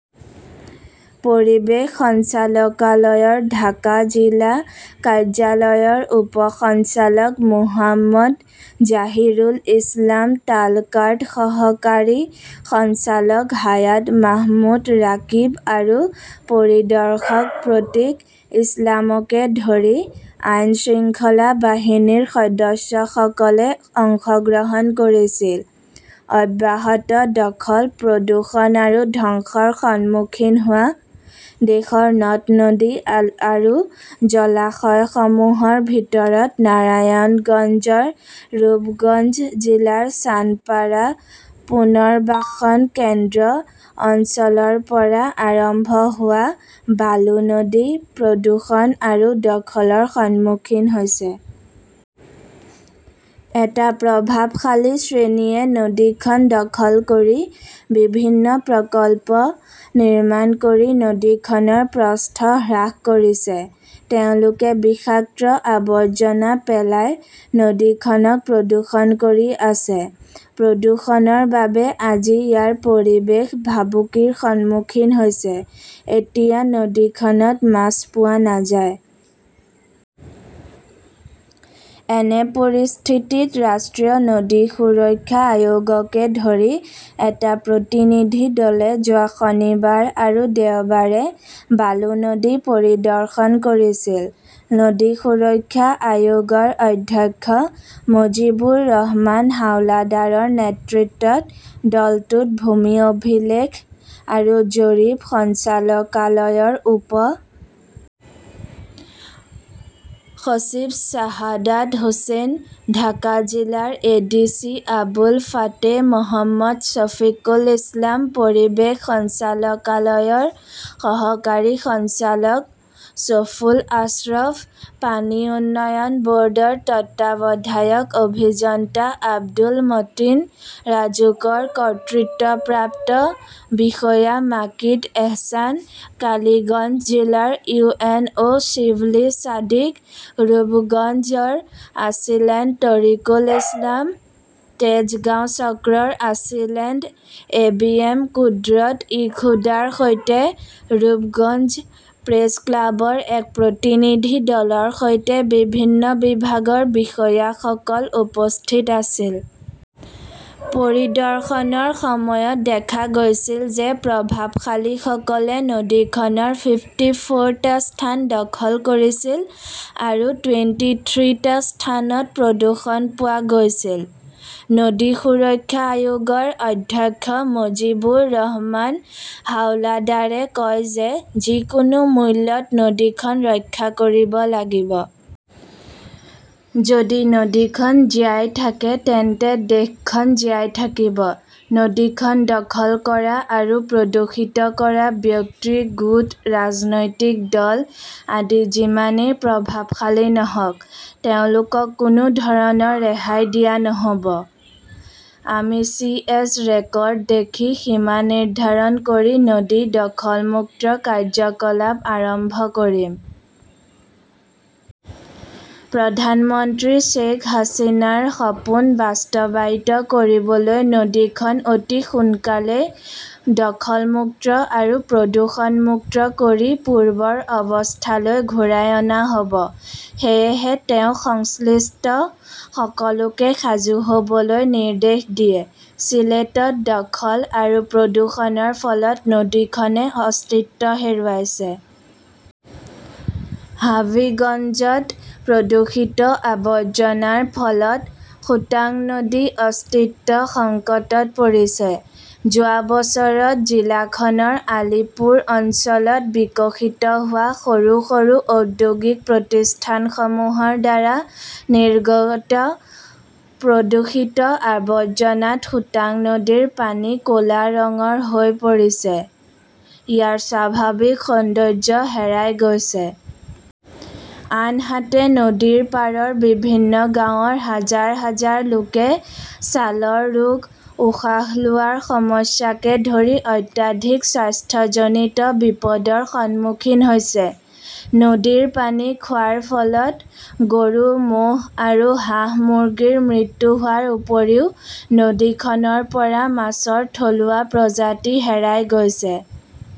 পৰিৱেশ সঞ্চালকালয়ৰ ঢাকা, জিলা কাৰ্যালয়ৰ উপ সঞ্চালক মোহাম্মদ জাহিৰুল ইছলাম তালকাৰ্ড, সহকাৰী সঞ্চালক হায়াত মাহমুদ ৰাকিব আৰু পৰিদৰ্শক প্ৰতীক ইছলামকে ধৰি আইন-শৃংখলা বাহিনীৰ সদস্যসকলে অংশগ্ৰহণ কৰিছিল। অব্যাহত দখল, প্ৰদূষণ আৰু ধ্বংসৰ সন্মুখীন হোৱা দেশৰ নদ-নদী আৰু জলাশয়সমূহৰ ভিতৰত, নাৰায়ণগঞ্জৰ ৰূপগঞ্জ জিলাৰ চানপাৰা পুনৰ্বাসন কেন্দ্ৰ অঞ্চলৰ পৰা আৰম্ভ হোৱা বালু নদী, প্ৰদূষণ আৰু দখলৰ সন্মুখীন হৈছে। এটা প্ৰভাৱশালী শ্ৰেণীয়ে নদীখন দখল কৰি বিভিন্ন প্ৰকল্প নিৰ্মাণ কৰি নদীখনৰ প্ৰস্থ হ্ৰাস কৰিছে। তেওঁলোকে বিষাক্ত আৱৰ্জনা পেলাই নদীখনক প্ৰদূষণ কৰি আছে। প্ৰদূষণৰ বাবে আজি ইয়াৰ পৰিৱেশ ভাবুকিৰ সন্মুখীন হৈছে। এতিয়া নদীখনত মাছ পোৱা নাযায়। এনে পৰিস্থিতিত, ৰাষ্ট্ৰীয় নদী সুৰক্ষা আয়োগকে ধৰি এটা প্ৰতিনিধি দলে যোৱা শনিবাৰ আৰু দেওবাৰে বালু নদী পৰিদৰ্শন কৰিছিল। নদী সুৰক্ষা আয়োগৰ অধ্যক্ষ মজিবুৰ ৰহমান হাওলাডাৰৰ নেতৃত্বত দলটোত ভূমি অভিলেখ আৰু জৰীপ সঞ্চালকালয়ৰ উপ সচিব শ্বাহাদাত হোসেন, ঢাকা জিলাৰ A D C Abul Fateh Mohammad Safikul Islam, পৰিৱেশ সঞ্চালকালয়ৰ সহকাৰী সঞ্চালক ছফুল আশ্ৰফ, পানী উন্নয়ন ব'ৰ্ডৰ তত্ত্বাৱধায়ক অভিযন্তা আব্দুল মতিন, ৰাজুকৰ কৰ্তৃত্বপ্ৰাপ্ত বিষয়া মাকিদ এহছান, কালিগঞ্জ জিলাৰ U N O' Shibli Sadiq, ৰূপগঞ্জৰ আছিলেণ্ড তৰিকুল ইছলাম, তেজগাঁও চক্ৰৰ আছিলেণ্ড এ বি এম কুদ্ৰত ই খুদাৰ সৈতে ৰূপগঞ্জ প্ৰেছ ক্লাবৰ এক প্ৰতিনিধি দলৰ সৈতে বিভিন্ন বিভাগৰ বিষয়াসকল উপস্থিত আছিল। পৰিদৰ্শনৰ সময়ত দেখা গৈছিল যে, প্ৰভাৱশালীসকলে নদীখনৰ ফিফ্টী ফ'ৰ টা স্থান দখল কৰিছিল আৰু টুৱেন্টি থ্ৰী টা স্থানত প্ৰদূষণ পোৱা গৈছিল। নদী সুৰক্ষা আয়োগৰ অধ্যক্ষ মজিবুৰ ৰহমান হাওলাদাৰে কয় যে, যিকোনো মূল্যত নদীখন ৰক্ষা কৰিব লাগিব। যদি নদীখন জীয়াই থাকে তেন্তে দেশখন জীয়াই থাকিব। নদীখন দখল কৰা আৰু প্ৰদূষিত কৰা ব্যক্তি, গোট, ৰাজনৈতিক দল আদি যিমানেই প্ৰভাৱশালী নহওক, তেওঁলোকক কোনো ধৰণৰ ৰেহাই দিয়া নহ'ব। আমি চি এছ ৰেকৰ্ড দেখি সীমা নিৰ্ধাৰণ কৰি নদী দখল-মুক্ত কাৰ্যকলাপ আৰম্ভ কৰিম। প্ৰধানমন্ত্ৰী শ্বেইখ হাছিনাৰ সপোন বাস্তৱায়িত কৰিবলৈ নদীখন অতি সোনকালেই দখলমুক্ত আৰু প্ৰদূষণমুক্ত কৰি পূৰ্বৰ অৱস্থালৈ ঘূৰাই অনা হ'ব। সেয়েহে তেওঁ সংশ্লিষ্ট সকলোকে সাজু হ'বলৈ নিৰ্দেশ দিয়ে। চিলেটত দখল আৰু প্ৰদূষণৰ ফলত নদীখনে অস্তিত্ব হেৰুৱাইছে। হাভিগঞ্জত প্ৰদূষিত আৱৰ্জনাৰ ফলত সুতাং নদী অস্তিত্বৰ সংকটত পৰিছে। যোৱা বছৰত জিলাখনৰ আলীপুৰ অঞ্চলত বিকশিত হোৱা সৰু সৰু ঔদ্যোগিক প্ৰতিষ্ঠানসমূহৰ দ্বাৰা নিৰ্গত প্ৰদূষিত আৱৰ্জনাত সুতাং নদীৰ পানী ক'লা ৰঙৰ হৈ পৰিছে। ইয়াৰ স্বাভাৱিক সৌন্দৰ্য্য হেৰাই গৈছে। আনহাতে, নদীৰ পাৰৰ বিভিন্ন গাঁৱৰ হাজাৰ হাজাৰ লোকে ছালৰ ৰোগ, উশাহ লোৱাৰ সমস্যাকে ধৰি অত্যাধিক স্বাস্থ্যজনীত বিপদৰ সন্মুখীন হৈছে। নদীৰ পানী খোৱাৰ ফলত গৰু-ম'হ আৰু হাঁহ-মূৰ্গীৰ মৃত্যু হোৱাৰ উপৰিও নদীখনৰ পৰা মাছৰ থলুৱা প্ৰজাতি হেৰাই গৈছে।